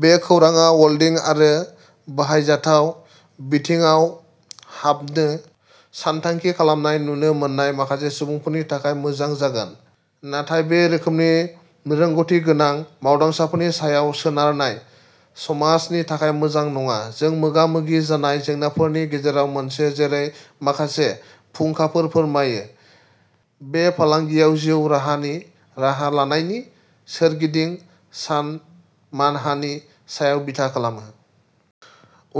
बे खौरांआ वेल्डिं आरो बाहायजाथाव बिथिङाव हाबनो सानथांखि खालामनाय नुनो मोन्नाय माखासे सुबुंफोरनि थाखाय मोजां जागोन, नाथाय बे रोखोमनि रोंग'थि गोनां मावदांसाफोरनि सायाव सोनारनाय समाजनि थाखाय मोजां नङा। जों मोगा-मोगि जानाय जेंनाफोरनि गेजेराव मोनसे, जेरै माखासे फुंखाफोरा फोरमायो, बे फालांगियाव जिउ राहानि राहा लानायनि सोरगिदिं थानाय मानहानि सायाव बिथा खालामो।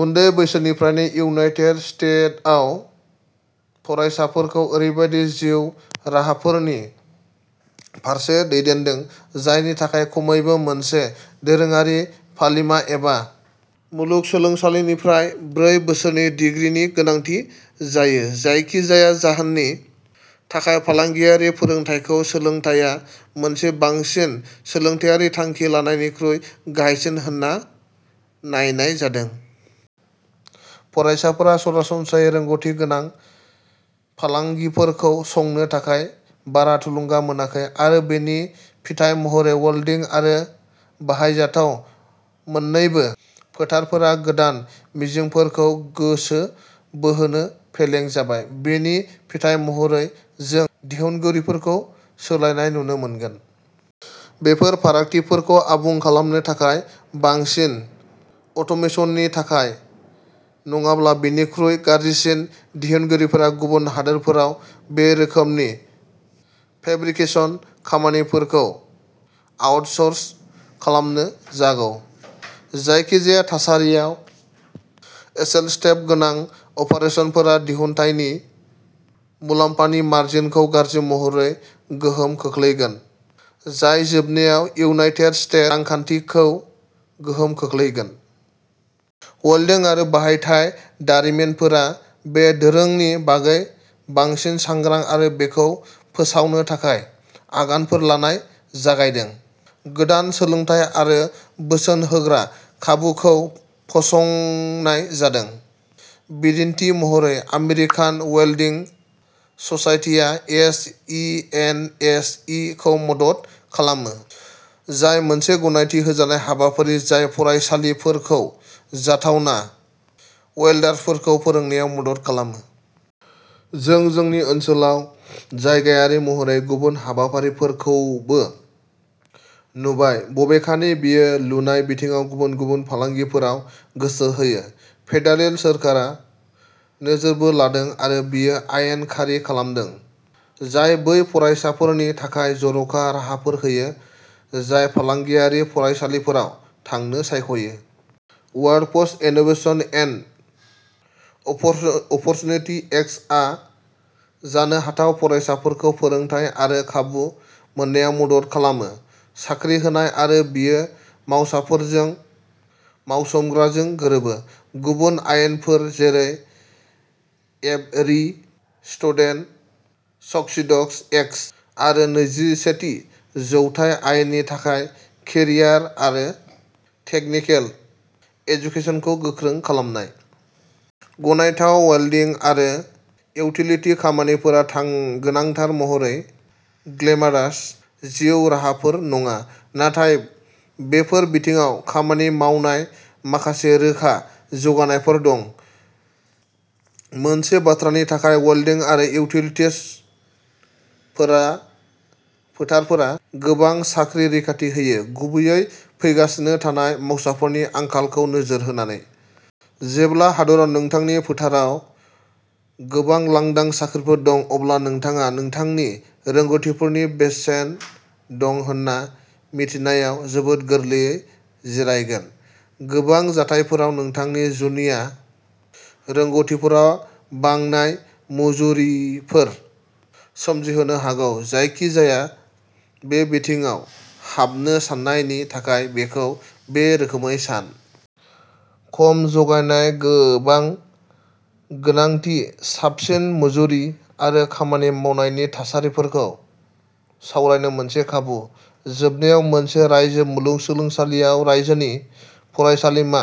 उन्दै बैसोनिफ्रायनो, इउनाइटेट स्टेटआव फरायसाफोरखौ ओरैबायदि जिउ राहाफोरनि फारसे दैदेनदों, जायनि थाखाय खमैबो मोनसे दोरोङारि फरायसालिमा एबा मुलुगसोलोंसालिनिफ्राय ब्रै बोसोरनि डिग्रीनि गोनांथि जायो। जायखिजाया जाहोननि थाखाय फालांगियारि फोरोंथायखौ सोलोंनाया मोनसे बांसिन सोलोंथायारि थांखि लानायनिख्रुइ गाहायसिन होनना नायनाय जादों। फरायसाफोरा सरासनस्रायै रोंग'थि गोनां फालांगिफोरखौ संनो थाखाय बारा थुलुंगा मोनाखै, आरो बेनि फिथाय महरै, वेल्डिं आरो बाहायजाथाव मोन्नैबो फोथारफोरा गोदान मिजिंफोरखौ गोसो बोहोनो फेलें जाबाय। बेनि फिथाय महरै, जों दिहुनगिरिफोरखौ सोलायनाय नुनो मोनगोन। बेफोर फारागथिफोरखौ आबुं खालामनो थाखाय बांसिन अट'मेसननि थाखाय। नङाब्ला, बेनिख्रुइबो गाज्रिसिन, दिहुनगिरिफोरा गुबुन हादोरफोराव बे रोखोमनि फेब्रिकेशन खामानिफोरखौ आउटस'र्स खालामनो जागौ। जायखिजाया थासारियाव, एसेल'स्टाफ गोनां अपारेसनफोरा दिहुनथायनि मुलाम्फानि मार्जिनखौ गाज्रि महरै गोहोम खोख्लैगोन, जाय जोबनायाव इउनाइटेट स्टेट रांखान्थिखौ गोहोम खोख्लैगोन। वेल्डिं आरो बाहायथाय दारिमिनफोरा बे दोरोंनि बागै बांसिन सांग्रां आरो बेखौ फोसावनो थाखाय आगानफोर लानो जागायदों। गोदान सोलोंथाय आरो बोसोन होग्रानि खाबुफोरखौ फसंनाय जादों। बिदिन्थि महरै, आमेरिकान वेल्डिं ससाइटिआ S E N S E खौ मदद खालामो, जाय मोनसे गनायथि होजानाय हाबाफारि जाय फरायसालिफोरखौ जाथावना वेल्डारफोरखौ फोरोंनायाव मदद खालामो। जों जोंनि ओनसोलाव जायगायारि महरै गुबुन हाबाफारिफोरखौबो नुबाय, बबेखानि बेयो लुनाय बिथिङाव गुबुन गुबुन फालांगिफोराव गोसो होयो। फेडारेल सोरखारा नोजोरबो लादों आरो बेयो आयेन जारि खालामदों जाय बै फरायसाफोरनि थाखाय जर'खा राहाफोर होयो जाय फालांगियारि फरायसालिफोराव थांनो सायख'यो। Workforce innovation and upper opportunity एक्टआ जानो हाथाव फरायसाफोरखौ फोरोंथाय आरो खाबु मोननायाव मदद खालामो। साख्रि होनाय, आरो बेयो मावसाफोरजों मावसोमग्राजों गोरोबो। गुबुन आयेनफोर, जेरै एभरि स्टुडेन्ट सक्सीड्स एक्ट आरो नैजिसेथि जौथाय आयेननि थाखाय केरियार आरो टेकनिकेल एजुकेसनखौ गोख्रों खालामनाय। गनायथाव, वेल्डिं आरो इउटिलिति खामानिफोरा थां गोनांथार महरै "ग्लेमारास" जिउ राहाफोर नङा। नाथाय, बेफोर बिथिङाव खामानि मावनायाव माखासे रोखा जौगानायफोर दं। मोनसे बाथ्रानि थाखाय, वेल्डिं आरो इउटिलितिस फोरा फोथारफोरा गोबां साख्रि रैखाथि होयो, गुबैयै फैगासिनो थानाय मावसाफोरनि आंखालखौ नोजोर होनानै। जेब्ला हादोराव नोंथांनि फोथाराव गोबां लांदां साख्रिफोर दं, अब्ला नोंथाङा नोंथांनि रोंग'थिफोरनि बेसेन दं होन्ना मिथिनायाव जोबोद गोरलैयै जिरायगोन। गोबां जाथायफोराव, नोंथांनि जुनिया रोंग'थिफोरा बांनाय मुजुरिफोर सोमजिहोनो हागौ। जायखिजाया बे बिथिङाव हाबनो साननायनि थाखाय बेखौ बे रोखोमै सान। खम जगायनाय गोबां गोनांथि साबसिन मुजुरि आरो खामानि मावनायनि थासारिफोरखौ सावरायनो मोनसे खाबु। जोबनायाव, मोनसे रायजोआरि मुलुगसोलोंसालियाव रायजोनि फरायसालिमा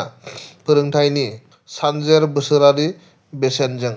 फोरोंथायनि सानजेर बोसोरारि बेसेनजों।